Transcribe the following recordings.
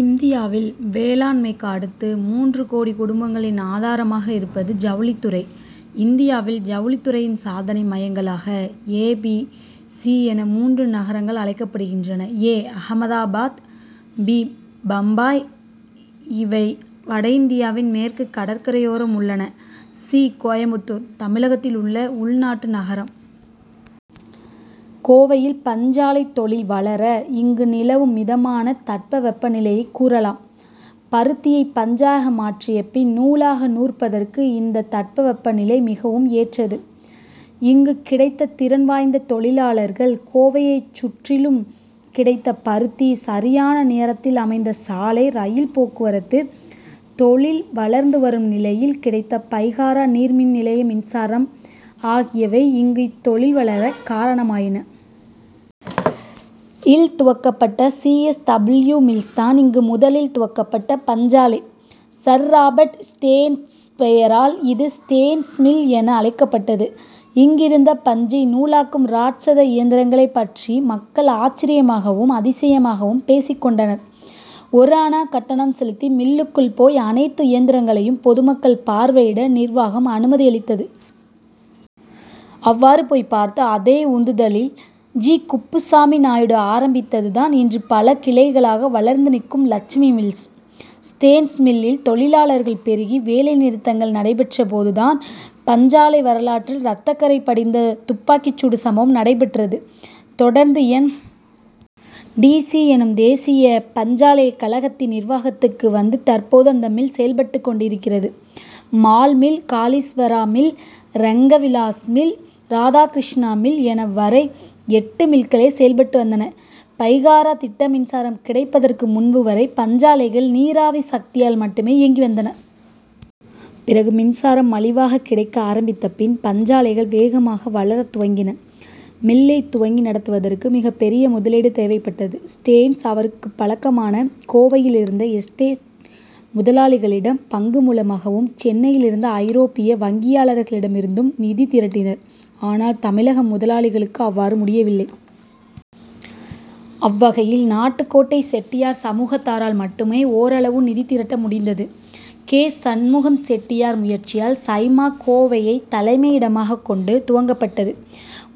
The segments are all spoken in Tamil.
இந்தியாவில், வேளாண் மைக்கு அடுத்து, மூன்று கோடி குடும்பங்களின் ஆதாரமாக இருப்பது ஜவுளித்துறை. இந்தியாவில், ஜவுளித்துறையின் சாதனை மையங்களாக ஏ, பி, சி என மூன்று நகரங்கள் அழைக்கப்படுகின்றன. ஏ- அகமதாபாத், பி- பம்பாய் இவை வடஇந்தியாவில் மேற்கு கடற்கரையோரம் உள்ளன. சி- கோயமுத்தூர் தமிழகத்தில் உள்ள உள்நாட்டு நகரம். கோவையில் பஞ்சாலைத் தொழில் வளர, இங்கு நிலவும் மிதமான தட்பவெப்பநிலையைக் கூறலாம். பருத்தியை பஞ்சாக மாற்றியபின், நூலாக நூற்பதற்கு இந்த தட்பவெப்பநிலை மிகவும் ஏற்றது. இங்கு கிடைத்த திறன் வாய்ந்த தொழிலாளர்கள், கோவையைச் சுற்றிலும் கிடைத்த பருத்தி, சரியான நேரத்தில் அமைந்த சாலை, ரயில் போக்குவரத்து, தொழில் வளர்ந்துவரும் நிலையில் கிடைத்த பைகாரா நீர்மின்நிலைய மின்சாரம் ஆகியவை இங்கு இத்தொழில் வளர காரணமாயின. ல் துவங்கப்பட்ட சி. எஸ். டபிள்யூ மில்ஸ் தான் இங்கு முதலில் துவங்கப்பட்ட பஞ்சாலை. சர். ராபர்ட் ஸ்டேன்ஸ் பெயரால் இது ஸ்டேன்ஸ் மில் என அழைக்கப்பட்டது. இங்கிருந்த, பஞ்சை நூலாக்கும் ராட்சத இயந்திரங்களைப் பற்றி மக்கள் ஆச்சரியமாகவும், அதிசயமாகவும் பேசிக் கொண்டனர். ஒரு அணா கட்டணம் செலுத்தி மில்லுக்குள் போய் அனைத்து இயந்திரங்களையும் பொதுமக்கள் பார்வையிட நிர்வாகம் அனுமதியளித்தது. அவ்வாறு போய் பார்த்து, அதே உந்துதலில் ஜி. குப்புசாமி நாயுடு ஆரம்பித்ததுதான் இன்று பல கிளைகளாக வளர்ந்து நிற்கும் லட்சுமி மில்ஸ். ஸ்டேன்ஸ் மில்லில் தொழிலாளர்கள் பெருகி, வேலை நிறுத்தங்கள் நடைபெற்றபோது தான், பஞ்சாலை வரலாற்றில் ரத்தக்கறை படிந்த துப்பாக்கிச்சூடு சம்பவம் நடைபெற்றது. தொடர்ந்து, என். டி. சி எனும் தேசிய பஞ்சாலை கழகத்தின் நிர்வாகத்துக்கு வந்து, தற்போது அந்த மில் செயல் பட்டுக் கொண்டிருக்கிறது. மால் mill, Kaleeswara mill, Ranga Vilas mill, Radhakrishna mill என வரை எட்டு மில்களே செயல்பட்டு வந்தன. பைகாரா திட்ட மின்சாரம் கிடைப்பதற்கு முன்புவரை பஞ்சாலைகள் நீராவி சக்தியால் மட்டுமே இயங்கி வந்தன. பிறகு மின்சாரம் மலிவாக கிடைக்க ஆரம்பித்த பின் பஞ்சாலைகள் வேகமாக வளரத் துவங்கின. மில்லைத் துவங்கி நடத்துவதற்கு மிகப்பெரிய முதலீடு தேவைப்பட்டது. ஸ்டேன்ஸ், அவருக்குப் பழக்கமான கோவையிலிருந்த எஸ்டேட் முதலாளிகளிடம் பங்கு மூலமாகவும், சென்னையிலிருந்த ஐரோப்பிய வங்கியாளர்களிடமிருந்தும் நிதி திரட்டினார். ஆனால், தமிழக முதலாளிகளுக்கு அவ்வாறு முடியவில்லை. அவ்வகையில், நாட்டுக் கோட்டை செட்டியார் சமூகத்தாரால் மட்டுமே ஓரளவு நிதி திரட்ட முடிந்தது. கே. சண்முகம் செட்டியார் முயற்சியால் சைமா' கோவையைத் தலைமையிடமாகக் கொண்டு துவங்கப்பட்டது.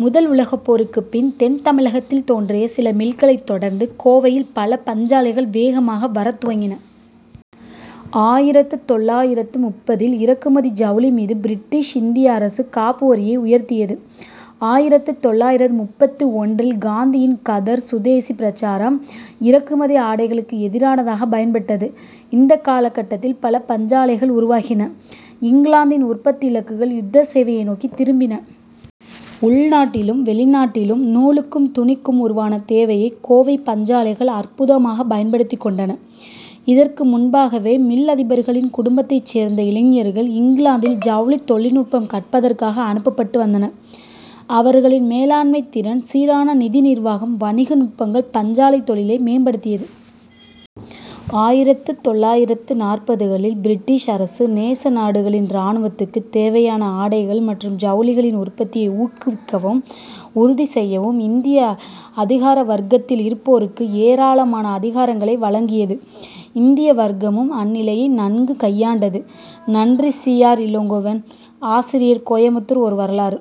முதல் உலகப் போருக்குப் பின், தென் தமிழகத்தில் தோன்றிய சில மில்களைத் தொடர்ந்து, கோவையில் பல பஞ்சாலைகள் வேகமாக வரத் துவங்கின. ஆயிரத்து தொள்ளாயிரத்து முப்பதில் இறக்குமதி ஜவுளி மீது பிரிட்டிஷ் இந்திய அரசு காப்பு வரியை உயர்த்தியது. ஆயிரத்து தொள்ளாயிரத்து முப்பத்து ஒன்றில் காந்தியின் கதர், சுதேசி பிரசாரம் இறக்குமதி ஆடைகளுக்கு எதிரானதாகப் பயன்பட்டது. இந்த காலகட்டத்தில் பல பஞ்சாலைகள் உருவாகின. இங்கிலாந்தின் உற்பத்தி இலக்குகள் யுத்த சேவையை நோக்கித் திரும்பின. உள்நாட்டிலும் வெளிநாட்டிலும் நூலுக்கும், துணிக்கும் உருவான தேவையை கோவை பஞ்சாலைகள் அற்புதமாக பயன்படுத்திக் கொண்டன. இதற்கு முன்பாகவே, மில் அதிபர்களின் குடும்பத்தைச் சேர்ந்த இளைஞர்கள் இங்கிலாந்தில் ஜவுளித் தொழில்நுட்பம் கற்பதற்காக அனுப்பப்பட்டு வந்தனர். அவர்களின் மேலாண்மைத் திறன், சீரான நிதி நிர்வாகம், வணிக நுட்பங்கள் பஞ்சாலைத் தொழிலை மேம்படுத்தியது. ஆயிரத்து தொள்ளாயிரத்து நாற்பதுகளில், பிரிட்டிஷ் அரசு, நேச நாடுகளின் ராணுவத்துக்கு தேவையான ஆடைகள் மற்றும் ஜவுளிகளின் உற்பத்தியை ஊக்குவிக்கவும் உறுதி செய்யவும் இந்திய அதிகாரவர்க்கத்தில் இருப்போருக்கு ஏராளமான அதிகாரங்களை வழங்கியது. இந்திய வர்க்கமும் அந்நிலையை நன்கு கையாண்டது. நன்றி சி. ஆர். இளங்கோவன், ஆசிரியர், கோயமுத்தூர் ஒரு வரலாறு.